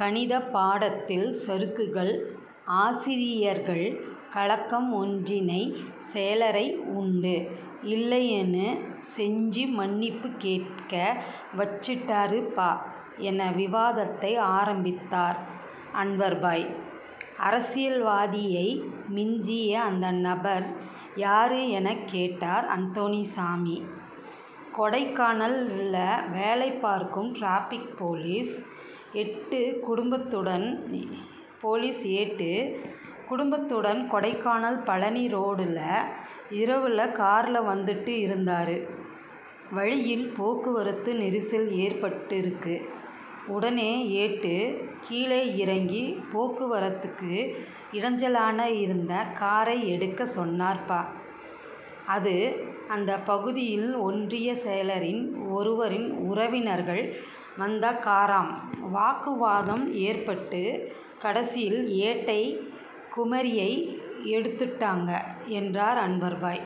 கணிதப் பாடத்தில் சறுக்கல் ஆசிரியர்கள் கலக்கம் ஒன்றியச் செயலரை உண்டு இல்லைன்னு செஞ்சு மன்னிப்பு கேட்க வச்சிட்டாரு பா என விவாதத்தை ஆரம்பித்தார் அன்வர்பாய். அரசியல்வாதியை மிஞ்சிய அந்த நபர் யாருங்க எனக் கேட்டார் அந்தோணிசாமி. கொடைக்கானல்ல வேலை பார்க்கும் டிராபிக் போலீஸ் ஏட்டு குடும்பத்துடன் கொடைக்கானல் பழனி ரோடுல இரவுல கார்ல வந்துகிட்டு இருந்தாரு வழியில போக்குவரத்து நெரிசல் ஏற்பட்டுருக்கு உடனே ஏட்டு கீழே இறங்கி போக்குவரத்துக்கு இடைஞ்சலா இருந்த காரை எடுக்கச் சொன்னாரு பா அது அந்தப் பகுதி ஒன்றியச் செயலர் ஒருவரின் உறவினர்கள் வந்த காராம் வாக்குவாதம் ஏற்பட்டு கடைசியில ஏட்டை குமுறி எடுத்துட்டாங்க என்றார் அன்வர்பாய்.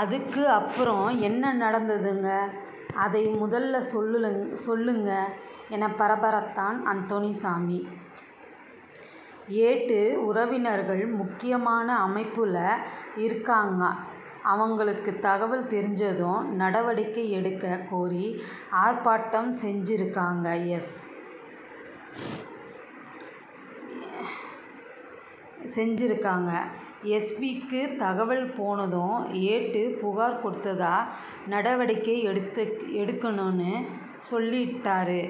அதுக்கப்பறம் என்ன நடந்ததுங்க அதை முதல்ல சொல்லுங்க என பரபரத்தார் அந்தோணிசாமி. ஏட்டு உறவினர்கள் முக்கியமான அமைப்புல இருக்காங்க அவங்களுக்கு தகவல் தெரிஞ்சதும் நடவடிக்கை எடுக்கக் கோரி ஆர்ப்பாட்டம் செஞ்சிருக்காங்க எஸ். பி.க்கு தகவல் போனதும் ஏட்டு புகார் கொடுத்தா நடவடிக்கை எடுங்கன்னு சொல்லிட்டாரு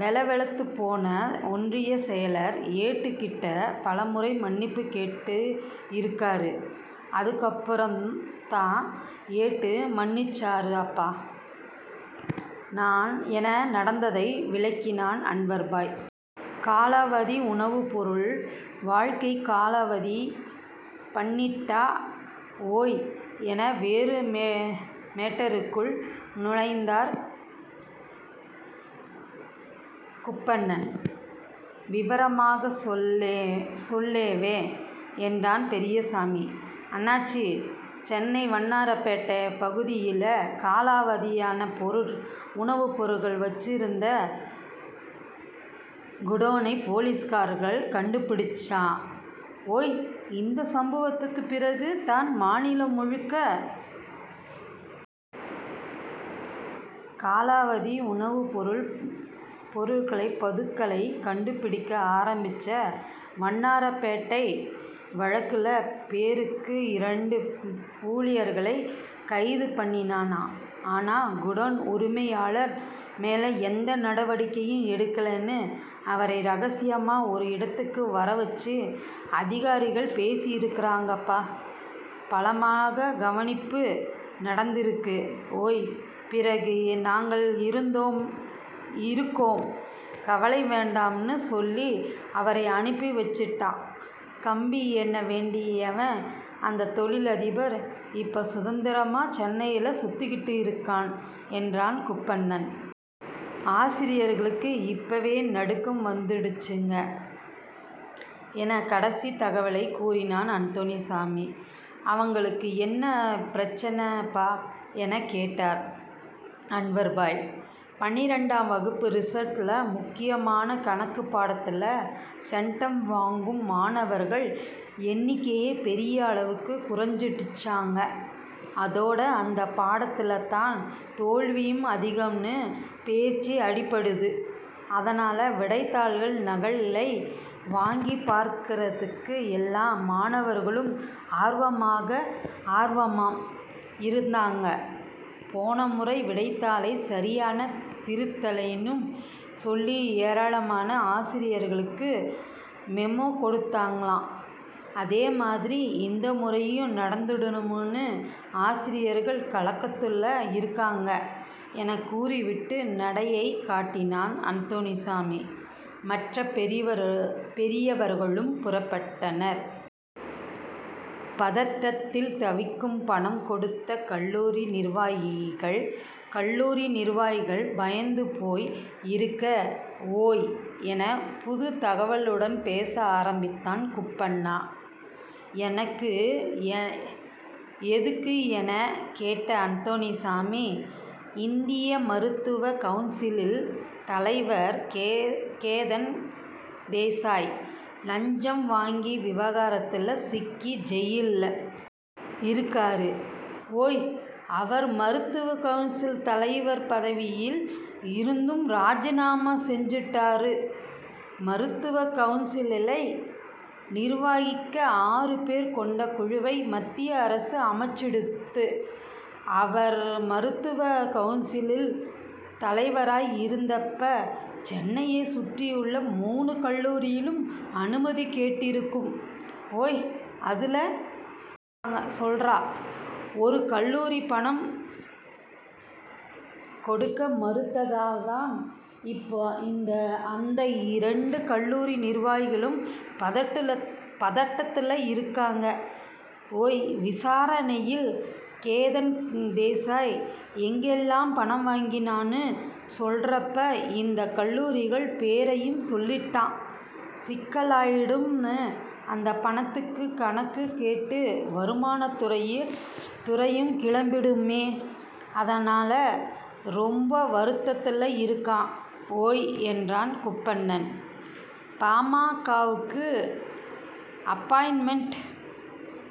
வெல வெலத்துப்போன ஒன்றியச் செயலர் ஏட்டுகிட்ட பலமுறை மன்னிப்பு கேட்டுருக்காரு அதுக்கப்பறம் தான் ஏட்டு மன்னிச்சாரு பா என நடந்ததை விளக்கினார் அன்வர்பாய். காலாவதி உணவுப்பொருள் வழக்கை காலாவதி பண்ணிட்டா ஓய் என வேறு மேட்டருக்குள் நுழைந்தார் குப்பண்ணா. விவரமா சொல்லு வே என்றார் பெரியசாமி அண்ணாச்சி. சென்னை வண்ணாரப்பேட்டை பகுதியில காலாவதி உணவுப்பொருள் வைச்சிருந்த குடோனை போலீஸ்காரா கண்டுபிடிச்சா ஓய் இந்த சம்பவத்துக்கு பிறகு தான் மாநிலம் முழுக்க காலாவதி உணவுப்பொருள் பதுக்கலை கண்டுபிடிக்க ஆரம்பிச்சா வண்ணாரப்பேட்டை வழக்குல பேருக்கு ரெண்டு ஊழியர்களை கைது பண்ணினா ஆனா குடோன் உரிமையாளர் மேல எந்த நடவடிக்கையும் எடுக்கலை அவரை ரகசியமா ஒரு இடத்துக்கு வரவைச்சு அதிகாரிகள் பேசியிருக்கா அப்ப பலமா கவனிப்பு நடந்திருக்கு ஓய் பிறகு நாங்க இருக்கோம் கவலை வேண்டாம்னு சொல்லி அவரை அனுப்பி வைச்சிட்டா கம்பி எண்ண வேண்டிய அந்த தொழிலதிபர் இப்ப சுதந்திரமா சென்னையில சுத்திண்டு இருக்கார் என்றார் குப்பண்ணா. ஆசிரியர்களுக்கு இப்பவே நடுக்கம் வந்துருச்சுங்க என கடைசி தகவலை கூறினார் அந்தோணிசாமி. அவங்களுக்கு என்ன பிரச்னை பா எனக் கேட்டார் அன்வர்பாய். பனிரெண்டாம் வகுப்பு ரிசல்ட்ல முக்கியமான கணக்குப் பாடத்துல சென்டம் வாங்கும் மாணவர்கள் எண்ணிக்கை பெரிய அளவுக்கு குறைஞ்சிடுச்சுங்க அதோட இந்தப் பாடத்துல தான் தோல்வியும் அதிகம்னு பேச்சு அடிபடுது அதனால விடைத்தாள் நகலை வாங்கிப் பார்க்கறதுக்கு எல்லா மாணவர்களும் ஆர்வமா இருக்காங்க போன முறை விடைத்தாளை சரியா திருத்தலைன்னு சொல்லி ஏராளமான ஆசிரியர்களுக்கு மெமோ கொடுத்தாங்க அதேமாதிரி இந்த முறையும் நடந்துடுமோன்னு ஆசிரியர்கள் கலக்கத்துல இருக்காங்க என கூறிவிட்டு நடையைக் கட்டினார் அந்தோணிசாமி மற்ற பெரியவர்களும் புறப்பட்டனர். பதட்டத்தில் தவிக்கும் பணம் கொடுத்த கல்லூரி நிர்வாகிகள் கல்லூரி நிர்வாகிகள் பயந்து போய் இருக்கா ஓய் என புது தகவலுடன் பேச ஆரம்பித்தார் குப்பண்ணா. எதுக்கு எனக் கேட்டார் அந்தோணிசாமி. இந்திய மருத்துவக் கவுன்சில் தலைவர் கேதன் தேசாய் லஞ்சம் வாங்கிய விவகாரத்துல சிக்கி ஜெயில்ல இருக்கார் ஓய் அவர் மருத்துவக் கவுன்சில் தலைவர் பதவியில இருந்தும் ராஜினாமா செஞ்சுட்டாரு மருத்துவக் கவுன்சிலை நிர்வகிக்க ஆறு பேர் கொண்ட குழுவை மத்திய அரசு அமைச்சிடுத்து அவர் மருத்துவக் கவுன்சில் தலைவரா இருந்தப்ப சென்னையைச் சுற்றியுள்ள மூணு கல்லூரிகள் அனுமதி கேட்டிருக்கு ஓய் அதுல ரெண்டு கல்லூரிகள் தலா முப்பது கோடி ரூபாய் பணம் கொடுத்ததா சொல்றா ஒரு கல்லூரி பணம் கொடுக்க மறுத்துடுத்தாம் இப்ப அந்த ரெண்டு கல்லூரி நிர்வாகிகளும் பதட்டத்துல இருக்கா ஓய் விசாரணையில கேதன் தேசாய் எங்கெல்லாம் பணம் வாங்கினார்னு சொல்றப்ப இந்த கல்லூரிகள் பேரையும் சொல்லிட்டா சிக்கலாயிடும் அந்தப் பணத்துக்கு கணக்கு கேட்டு வருமானத் துறையும் கிளம்பிடுமே அதனால ரொம்ப வருத்தத்துல இருக்கா ஓய் என்றார் குப்பண்ணா. பா. ம. க.வுக்கு அப்பாயின்மென்ட்